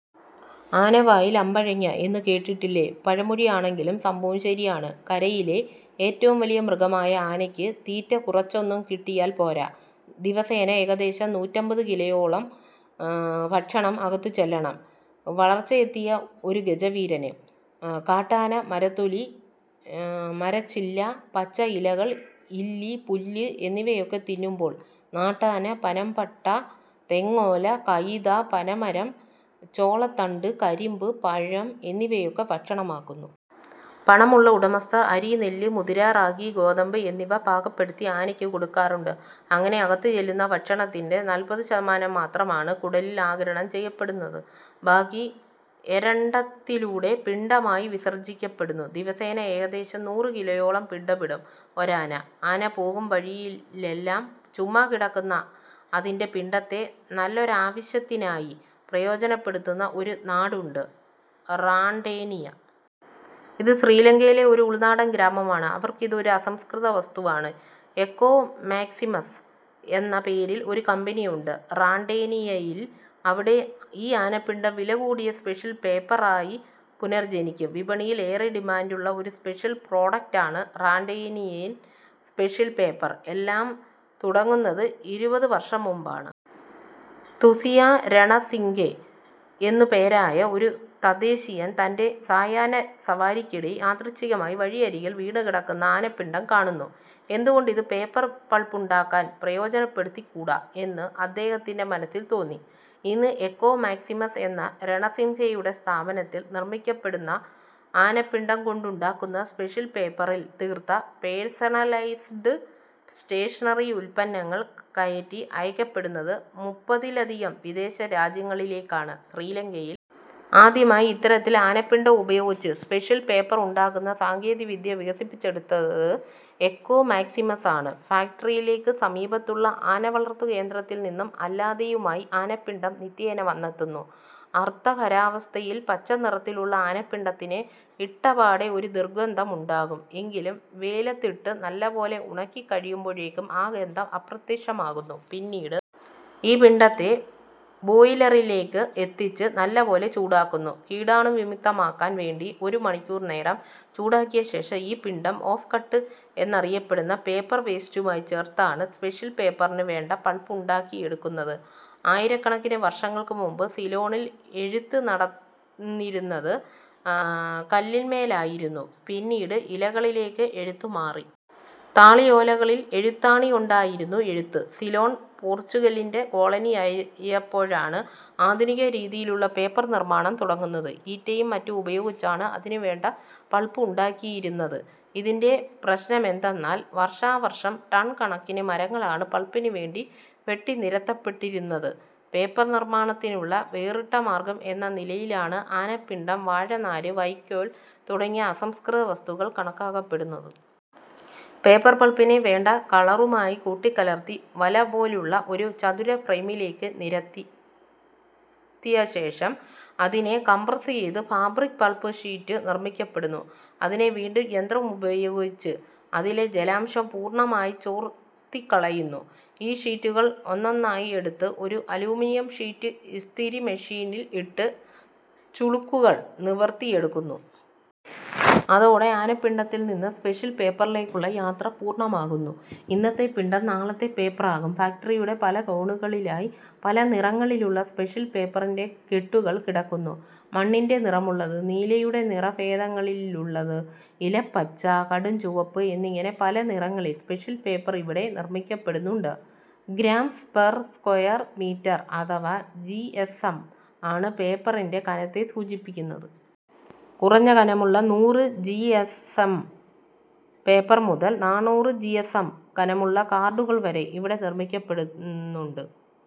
ആനവായിൽ അമ്പഴങ്ങ എന്നു കേട്ടിട്ടില്ലേ? പഴമൊഴിയാണെങ്കിലും സംഭവം ശരിയാണ്. കരയിലെ ഏറ്റവും വലിയ മൃഗമായ ആനയ്ക്ക് തീറ്റ കുറച്ചൊന്നും കിട്ടിയാൽ പോരാ. ദിവസേന ഏകദേശം നൂറ്റമ്പത് കിലോയോളം ഭക്ഷണം അകത്തുചെല്ലണം വളർച്ചയെത്തിയ ഒരു ഗജവീരന്. കാട്ടാന മരത്തൊലി, മരച്ചില്ല, പച്ച ഇലകൾ, ഇല്ലി, പുല്ല് എന്നിവയൊക്കെ തിന്നുമ്പോൾ നാട്ടാന പനംപട്ട, തെങ്ങോല, കൈത, പനമരം, ചോളത്തണ്ട്, കരിമ്പ്, പഴം എന്നിവയൊക്കെ ഭക്ഷണമാക്കുന്നു. പണമുള്ള ഉടമസ്ഥർ അരി, നെല്ല്, മുതിര, റാഗി, ഗോതമ്പ് എന്നിവ പാകപ്പെടുത്തി ആനയ്ക്ക് കൊടുക്കാറുണ്ട്. അങ്ങനെ അകത്തുചെല്ലുന്ന ഭക്ഷണത്തിൻ്റെ നാൽപ്പത് ശതമാനം മാത്രമാണ് കുടലിൽ ആഗിരണം ചെയ്യപ്പെടുന്നത്. ബാക്കി എരണ്ടത്തിലൂടെ പിണ്ടമായി വിസർജിക്കപ്പെടുന്നു. ദിവസേന ഏകദേശം നൂറ് കിലോയോളം പിണ്ടമിടും ഒരാന. ആന പോകും വഴിയിലെല്ലാം ചുമ്മാ കിടക്കുന്ന അതിൻ്റെ പിണ്ടത്തെ നല്ലൊരാവശ്യത്തിനായി പ്രയോജനപ്പെടുത്തുന്ന ഒരു നാടുണ്ട്, റാണ്ടേനിയ. ഇത് ശ്രീലങ്കയിലെ ഒരു ഉൾനാടൻ ഗ്രാമമാണ്. അവർക്കിത് ഒരു അസംസ്കൃത വസ്തുവാണ്. എക്കോ മാക്സിമസ് എന്ന പേരിൽ ഒരു കമ്പനിയുണ്ട് റാണ്ടേനിയയിൽ. അവിടെ ഈ ആനപ്പിണ്ടം വിലകൂടിയ സ്പെഷ്യൽ പേപ്പറായി പുനർജനിക്കും. വിപണിയിൽ ഏറെ ഡിമാൻഡുള്ള ഒരു സ്പെഷ്യൽ പ്രൊഡക്ടാണ് റാണ്ടേനിയൻ സ്പെഷ്യൽ പേപ്പർ. എല്ലാം തുടങ്ങുന്നത് ഇരുപത് വർഷം മുമ്പാണ്. തുസിയ രണസിംഗെ എന്നുപേരായ ഒരു തദ്ദേശീയൻ തൻ്റെ സായാഹ്ന സവാരിക്കിടെ യാദൃച്ഛികമായി വഴിയരികിൽ വീണുകിടക്കുന്ന ആനപ്പിണ്ടം കാണുന്നു. എന്തുകൊണ്ട് ഇത് പേപ്പർ പൾപ്പുണ്ടാക്കാൻ പ്രയോജനപ്പെടുത്തിക്കൂടാ എന്ന് അദ്ദേഹത്തിൻ്റെ മനസ്സിൽ തോന്നി. ഇന്ന് എക്കോ മാക്സിമസ് എന്ന രണസിംഗയുടെ സ്ഥാപനത്തിൽ നിർമിക്കപ്പെടുന്ന ആനപ്പിണ്ടം കൊണ്ടുണ്ടാക്കുന്ന സ്പെഷ്യൽ പേപ്പറിൽ തീർത്ത പേഴ്സണലൈസ്ഡ് സ്റ്റേഷനറി ഉത്പന്നങ്ങൾ കയറ്റി അയക്കപ്പെടുന്നത് മുപ്പതിലധികം വിദേശ രാജ്യങ്ങളിലേക്കാണ്. ശ്രീലങ്കയിൽ ആദ്യമായി ഇത്തരത്തിൽ ആനപ്പിണ്ടം ഉപയോഗിച്ച് സ്പെഷ്യൽ പേപ്പർ ഉണ്ടാക്കുന്ന സാങ്കേതികവിദ്യ വികസിപ്പിച്ചെടുത്തത് എക്കോ മാക്സിമസ് ആണ്. ഫാക്ടറിയിലേക്ക് സമീപത്തുള്ള ആനവളർത്തുകേന്ദ്രത്തിൽ നിന്നും അല്ലാതെയുമായി ആനപ്പിണ്ടം നിത്യേന വന്നെത്തുന്നു. അർദ്ധഖരാവസ്ഥയിൽ പച്ചനിറത്തിലുള്ള ആനപ്പിണ്ടത്തിന് ഇട്ടപാടെ ഒരു ദുർഗന്ധമുണ്ടാകും എങ്കിലും വെയിലത്തിട്ട് നല്ലപോലെ ഉണക്കിക്കഴിയുമ്പോഴേക്കും ആ ഗന്ധം അപ്രത്യക്ഷമാകുന്നു. പിന്നീട് ഈ പിണ്ടത്തെ ബോയിലറിലേക്ക് എത്തിച്ച് നല്ലപോലെ ചൂടാക്കുന്നു. കീടാണുവിമുക്തമാക്കാൻ വേണ്ടി ഒരു മണിക്കൂർ നേരം ചൂടാക്കിയ ശേഷം ഈ പിണ്ടം ഓഫ് കട്ട് എന്നറിയപ്പെടുന്ന പേപ്പർ വേസ്റ്റുമായി ചേർത്താണ് സ്പെഷ്യൽ പേപ്പറിന് വേണ്ട പൾപ്പ് ഉണ്ടാക്കിയെടുക്കുന്നത്. ആയിരക്കണക്കിന് വർഷങ്ങൾക്ക് മുമ്പ് സിലോണിൽ എഴുത്ത് നടന്നിരുന്നത് കല്ലിന്മേലായിരുന്നു. പിന്നീട് ഇലകളിലേക്ക് എഴുത്ത് മാറി. താളിയോലകളിൽ എഴുത്താണികൊണ്ടായിരുന്നു എഴുത്ത്. സിലോൺ പോർച്ചുഗലിൻ്റെ കോളനിയായപ്പോഴാണ് ആധുനിക രീതിയിലുള്ള പേപ്പർ നിർമ്മാണം തുടങ്ങുന്നത്. ഈറ്റയും മറ്റും ഉപയോഗിച്ചാണ് അതിനുവേണ്ട പൾപ്പ് ഉണ്ടാക്കിയിരുന്നത്. ഇതിൻ്റെ പ്രശ്നമെന്തെന്നാൽ വർഷാവർഷം ടൺ കണക്കിന് മരങ്ങളാണ് പൾപ്പിനുവേണ്ടി വെട്ടിനിരത്തപ്പെട്ടിരുന്നത്. പേപ്പർ നിർമ്മാണത്തിനുള്ള വേറിട്ട മാർഗം എന്ന നിലയിലാണ് ആനപ്പിണ്ടം, വാഴനാര്, വൈക്കോൽ തുടങ്ങിയ അസംസ്കൃത വസ്തുക്കൾ കണക്കാക്കപ്പെടുന്നത്. പേപ്പർ പൾപ്പിനെ വേണ്ട കളറുമായി കൂട്ടിക്കലർത്തി വലപോലുള്ള ഒരു ചതുര ഫ്രെയിമിലേക്ക് നിരത്തിയ ശേഷം അതിനെ കംപ്രസ് ചെയ്ത് ഫാബ്രിക് പൾപ്പ് ഷീറ്റ് നിർമ്മിക്കപ്പെടുന്നു. അതിനെ വീണ്ടും യന്ത്രമുപയോഗിച്ച് അതിലെ ജലാംശം പൂർണ്ണമായി ചോർത്തിക്കളയുന്നു. ഈ ഷീറ്റുകൾ ഒന്നൊന്നായി എടുത്ത് ഒരു അലുമിനിയം ഷീറ്റ് ഇസ്തിരി മെഷീനിൽ ഇട്ട് ചുളുക്കുകൾ നിവർത്തിയെടുക്കുന്നു. അതോടെ ആനപ്പിണ്ടത്തിൽ നിന്ന് സ്പെഷ്യൽ പേപ്പറിലേക്കുള്ള യാത്ര പൂർണ്ണമാകുന്നു. ഇന്നത്തെ പിണ്ടം നാളത്തെ പേപ്പറാകും. ഫാക്ടറിയുടെ പല കോണുകളിലായി പല നിറങ്ങളിലുള്ള സ്പെഷ്യൽ പേപ്പറിൻ്റെ കെട്ടുകൾ കിടക്കുന്നു. മണ്ണിൻ്റെ നിറമുള്ളത്, നീലയുടെ നിറഭേദങ്ങളിലുള്ളത്, ഇലപ്പച്ച, കടുംചുവപ്പ് എന്നിങ്ങനെ പല നിറങ്ങളിൽ സ്പെഷ്യൽ പേപ്പർ ഇവിടെ നിർമ്മിക്കപ്പെടുന്നുണ്ട്. ഗ്രാംസ് പെർ സ്ക്വയർ മീറ്റർ അഥവാ ജിഎസ്എം ആണ് പേപ്പറിൻ്റെ കനത്തെ സൂചിപ്പിക്കുന്നത്. കുറഞ്ഞ കനമുള്ള നൂറ് ജിഎസ്എം പേപ്പർ മുതൽ നാനൂറ് ജിഎസ്എം കനമുള്ള കാർഡുകൾ വരെ ഇവിടെ നിർമ്മിക്കപ്പെടുന്നുണ്ട്.